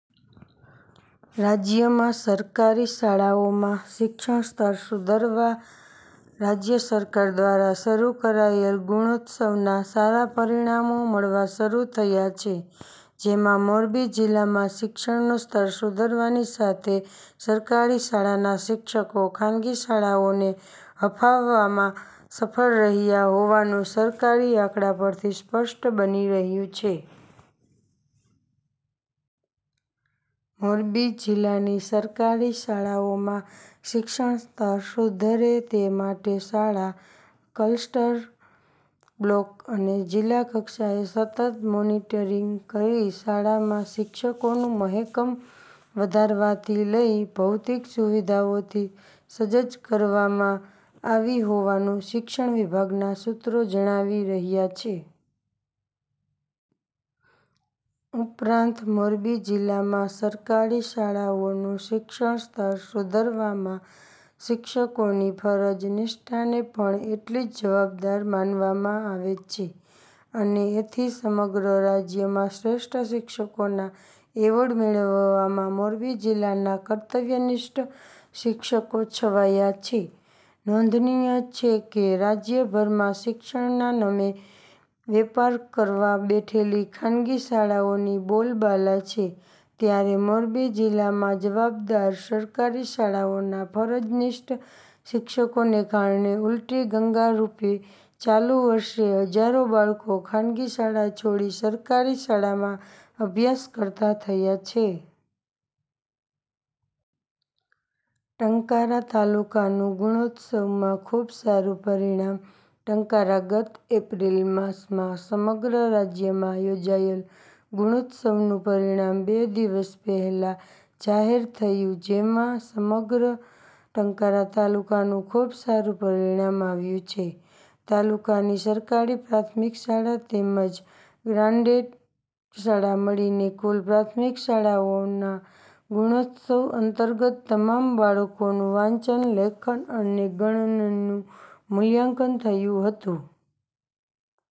રાજ્યમાં સરકારી શાળાઓમાં શિક્ષણસ્તર સુધારવા રાજ્ય સરકાર દ્વારા શરૂ કરાયેલ ગુણોત્સવના સારા પરિણામો મળવા શરૂ થયા છે જેમાં મોરબી જિલ્લામાં શિક્ષણનું સ્તર સુધરવાની સાથે સરકારી શાળાના શિક્ષકો ખાનગી શાળાઓને હંફાવવામાં સફળ રહ્યા હોવાનું સરકારી આંકડા પરથી સ્પષ્ટ બની રહ્યું છે. મોરબી જિલ્લાની સરકારી શાળાઓમાં શિક્ષણસ્તર સુધરે તે માટે શાળા, ક્લસ્ટર, બ્લોક, અને જિલ્લાકક્ષાએ સતત મોનીટરીંગ કરી શાળામાં શિક્ષકોનું મહેકમ વધારવાથી લઈ ભૌતિક સુવિધાઓથી સજ્જ કરવામાં આવી હોવાનું શિક્ષણ વિભાગના સૂત્રો જણાવી રહ્યા છે. ઉપરાંત મોરબી જિલ્લામાં સરકારી શાળાઓનું શિક્ષણસ્તર સુધારવામાં શિક્ષકોની ફરજનિષ્ઠાને પણ એટલીજવાબદાર માનવામાં આવે છે અને એથીસમગ્ર રાજ્યમાં શ્રેષ્ઠ શિક્ષકોના એવોર્ડ મેળવવામાં મોરબી જિલ્લાના કર્તવ્યનિષ્ઠ શિક્ષકો છવાયા છે. નોંધનીય છે કે રાજ્યભરમાં શિક્ષણના નમે વેપાર કરવા બેઠેલી ખાનગીશાળાઓની બોલબાલા છે ત્યારે મોરબી જિલ્લામાં જવાબદાર સરકારી શાળાઓના ફરજનિષ્ઠ શિક્ષકોને કારણે ઉલટી ગંગા રૂપે ચાલુ વર્ષે હજારો બાળકો ખાનગી શાળા છોડી સરકારી શાળામાં અભ્યાસ કરતા થયા છે. ટંકારા તાલુકાનું ગુણોત્સવમાં ખૂબ સારું પરિણામ ટંકારા ગત એપ્રિલ માસમાં સમગ્ર રાજ્યમાં યોજાયેલ ગુણોત્સવ નું પરિણામ બે દિવસ પહેલા જાહેર થયુંજેમાં સમગ્ર ટંકારા તાલુકાનું ખૂબ સારું પરિણામ આવ્યુ છે. તાલુકાની સરકારી પ્રાથમિક શાળા તેમજ ગ્રાન્ટેડ શાળા મળીને કુલ પ્રાથમિક શાળાઓમાં ગુણોત્સવ અંતર્ગત તમામ બાળકોનું વાંચન લેખન અને ગણનનું મૂલ્યાંકન થયું હતું.